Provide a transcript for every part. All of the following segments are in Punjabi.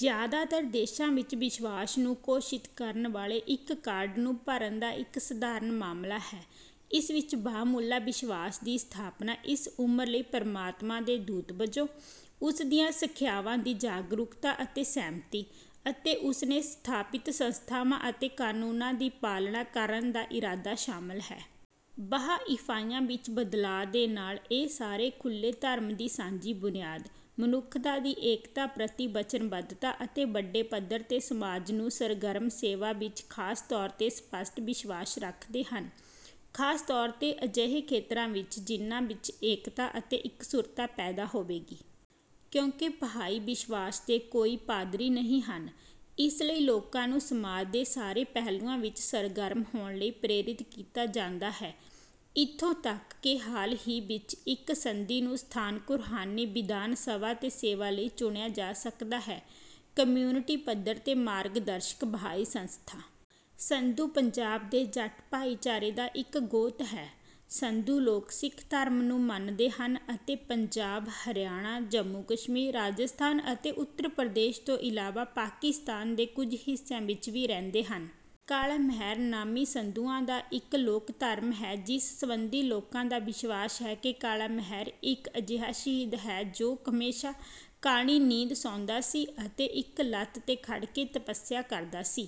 ਜ਼ਿਆਦਾਤਰ ਦੇਸ਼ਾਂ ਵਿੱਚ ਵਿਸ਼ਵਾਸ ਨੂੰ ਘੋਸ਼ਿਤ ਕਰਨ ਵਾਲੇ ਇੱਕ ਕਾਰਡ ਨੂੰ ਭਰਨ ਦਾ ਇੱਕ ਸਧਾਰਨ ਮਾਮਲਾ ਹੈ। ਇਸ ਵਿੱਚ ਬਾਹਮੁੱਲਾ ਵਿਸ਼ਵਾਸ ਦੀ ਸਥਾਪਨਾ ਇਸ ਉਮਰ ਲਈ ਪਰਮਾਤਮਾ ਦੇ ਦੂਤ ਵਜੋਂ, ਉਸ ਦੀਆਂ ਸਿਖਿਆਵਾਂ ਦੀ ਜਾਗਰੂਕਤਾ ਅਤੇ ਸਹਿਮਤੀ, ਅਤੇ ਉਸ ਨੇ ਸਥਾਪਿਤ ਸੰਸਥਾਵਾਂ ਅਤੇ ਕਾਨੂੰਨਾਂ ਦੀ ਪਾਲਣਾ ਕਰਨ ਦਾ ਇਰਾਦਾ ਸ਼ਾਮਲ ਹੈ। ਬਹਾਇਫਾਈਆ ਵਿਚ ਬਦਲਾਅ ਦੇ ਨਾਲ ਇਹ ਸਾਰੇ ਖੁੱਲੇ ਧਰਮ ਦੀ ਸਾਂਝੀ ਬੁਨਿਆਦ, ਮਨੁੱਖਤਾ ਦੀ ਏਕਤਾ ਪ੍ਰਤੀ ਵਚਨਬੱਧਤਾ ਅਤੇ ਵੱਡੇ ਪੱਧਰ ਤੇ ਸਮਾਜ ਨੂੰ ਸਰਗਰਮ ਸੇਵਾ ਵਿਚ ਖ਼ਾਸ ਤੌਰ 'ਤੇ ਸਪੱਸ਼ਟ ਵਿਸ਼ਵਾਸ ਰੱਖਦੇ ਹਨ, ਖਾਸ ਤੌਰ' ਤੇ ਅਜਿਹੇ ਖੇਤਰਾਂ ਵਿਚ ਜਿਨ੍ਹਾਂ ਵਿਚ ਏਕਤਾ ਅਤੇ ਇਕਸੁਰਤਾ ਪੈਦਾ ਹੋਵੇਗੀ। ਕਿਉਂਕਿ ਬਹਾਈ ਵਿਸ਼ਵਾਸ ਦੇ ਕੋਈ ਪਾਦਰੀ ਨਹੀਂ ਹਨ, ਇਸ ਲਈ ਲੋਕਾਂ ਨੂੰ ਸਮਾਜ ਦੇ ਸਾਰੇ ਪਹਿਲੂਆਂ ਵਿਚ ਸਰਗਰਮ ਹੋਣ ਲਈ ਪ੍ਰੇਰਿਤ ਕੀਤਾ ਜਾਂਦਾ ਹੈ। ਇੱਥੋਂ ਤੱਕ ਕਿ ਹਾਲ ਹੀ ਵਿਚ ਇਕ ਸੰਧੀ ਨੂੰ ਸਥਾਨਕ ਰੂਹਾਨੀ ਵਿਧਾਨ ਸਭਾ ਤੇ ਸੇਵਾ ਲਈ ਚੁਣਿਆ ਜਾ ਸਕਦਾ ਹੈ- ਕਮਿਊਨਿਟੀ ਪੱਧਰ ਤੇ ਮਾਰਗਦਰਸ਼ਕ ਬਹਾਏ ਸੰਸਥਾ। ਸੰਧੂ ਪੰਜਾਬ ਦੇ ਜੱਟ ਭਾਈਚਾਰੇ ਦਾ ਇਕ ਗੋਤ ਹੈ। ਸੰਧੂ ਲੋਕ ਸਿੱਖ ਧਰਮ ਨੂੰ ਮੰਨਦੇ ਹਨ ਅਤੇ ਪੰਜਾਬ, ਹਰਿਆਣਾ, ਜੰਮੂ-ਕਸ਼ਮੀਰ, ਰਾਜਸਥਾਨ ਅਤੇ ਉੱਤਰ ਪ੍ਰਦੇਸ਼ ਤੋਂ ਇਲਾਵਾ ਪਾਕਿਸਤਾਨ ਦੇ ਕੁਝ ਹਿੱਸਿਆਂ ਵਿੱਚ ਵੀ ਰਹਿੰਦੇ ਹਨ। ਕਾਲਾ ਮਹਿਰ ਨਾਮੀ ਸੰਧੂਆਂ ਦਾ ਇੱਕ ਲੋਕ ਧਰਮ ਹੈ ਜਿਸ ਸਬੰਧੀ ਲੋਕਾਂ ਦਾ ਵਿਸ਼ਵਾਸ ਹੈ ਕਿ ਕਾਲਾ ਮਹਿਰ ਇੱਕ ਅਜਿਹਾ ਸ਼ਹੀਦ ਹੈ ਜੋ ਹਮੇਸ਼ਾ ਕਾਣੀ ਨੀਂਦ ਸੌਂਦਾ ਸੀ ਅਤੇ ਇੱਕ ਲੱਤ ਤੇ ਖੜ੍ਹ ਕੇ ਤੱਪਸਿਆ ਕਰਦਾ ਸੀ।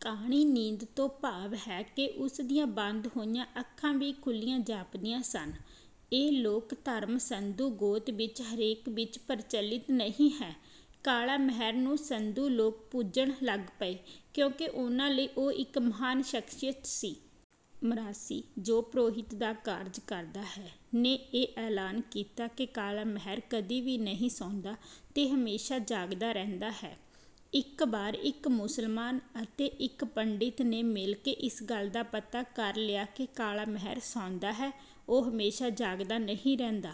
ਕਾਣੀ ਨੀਂਦ ਤੋਂ ਭਾਵ ਹੈ ਕਿ ਉਸ ਦੀਆਂ ਬੰਦ ਹੋਈਆਂ ਅੱਖਾਂ ਵੀ ਖੁੱਲੀਆਂ ਜਾਪਦੀਆਂ ਸਨ। ਇਹ ਲੋਕ ਧਰਮ ਸੰਧੂ ਗੋਤ ਵਿੱਚ ਹਰੇਕ ਵਿੱਚ ਪ੍ਰਚਲਿਤ ਨਹੀਂ ਹੈ। ਕਾਲਾ ਮਹਿਰ ਨੂੰ ਸੰਧੂ ਲੋਕ ਪੁਜਣ ਲੱਗ ਪਏ ਕਿਉਂਕਿ ਉਨ੍ਹਾਂ ਲਈ ਉਹ ਇੱਕ ਮਹਾਨ ਸਖਸ਼ੀਅਤ ਸੀ। ਮਰਾਸੀ, ਜੋ ਪ੍ਰੋਹਿਤ ਦਾ ਕਾਰਜ ਕਰਦਾ ਹੈ, ਨੇ ਇਹ ਐਲਾਨ ਕੀਤਾ ਕਿ ਕਾਲਾ ਮਹਿਰ ਕਦੀ ਵੀ ਨਹੀਂ ਸੌਂਦਾ ਤੇ ਹਮੇਸ਼ਾ ਜਾਗਦਾ ਰਹਿੰਦਾ ਹੈ। ਇੱਕ ਵਾਰ ਇੱਕ ਮੁਸਲਮਾਨ ਅਤੇ ਇੱਕ ਪੰਡਿਤ ਨੇ ਮਿਲ ਕੇ ਇਸ ਗੱਲ ਦਾ ਪਤਾ ਕਰ ਲਿਆ ਕਿ "ਕਾਲਾ ਮਹਿਰ" ਸੌਂਦਾ ਹੈ ਉਹ ਹਮੇਸ਼ਾ ਜਾਗਦਾ ਨਹੀਂ ਰਹਿੰਦਾ।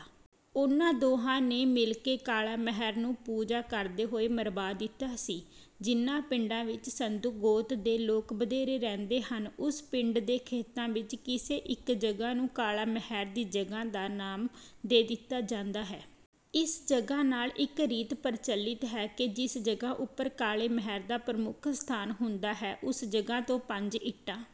ਉਹਨਾਂ ਦੋਹਾਂ ਨੇ ਮਿਲ ਕੇ ਕਾਲਾ ਮਹਿਰ ਨੂੰ ਪੂਜਾ ਕਰਦੇ ਹੋਏ ਮਰਵਾ ਦਿੱਤਾ ਸੀ। ਜਿਨ੍ਹਾਂ ਪਿੰਡਾਂ ਵਿੱਚ ਸੰਧੂ ਗੋਤ ਦੇ ਲੋਕ ਵਧੇਰੇ ਰਹਿੰਦੇ ਹਨ ਉਸ ਪਿੰਡ ਦੇ ਖੇਤਾਂ ਵਿੱਚ ਕਿਸੇ ਇੱਕ ਜਗ੍ਹਾਂ ਨੂੰ "ਕਾਲਾ ਮਹਿਰ" ਦੀ ਜਗ੍ਹਾਂ ਦਾ ਨਾਮ ਦੇ ਦਿੱਤਾ ਜਾਂਦਾ ਹੈ। ਇਸ ਜਗ੍ਹਾਂ ਨਾਲ ਇੱਕ ਰੀਤ ਪ੍ਰਚਲਿਤ ਹੈ ਕਿ ਜਿਸ ਜਗ੍ਹਾਂ ਉੱਪਰ ਕਾਲੇ ਮਹਿਰ ਦਾ ਪ੍ਰਮੁੱਖ ਸਥਾਨ ਹੁੰਦਾ ਹੈ ਉਸ ਜਗ੍ਹਾਂ ਤੋਂ ਪੰਜ ਇੱਟਾਂ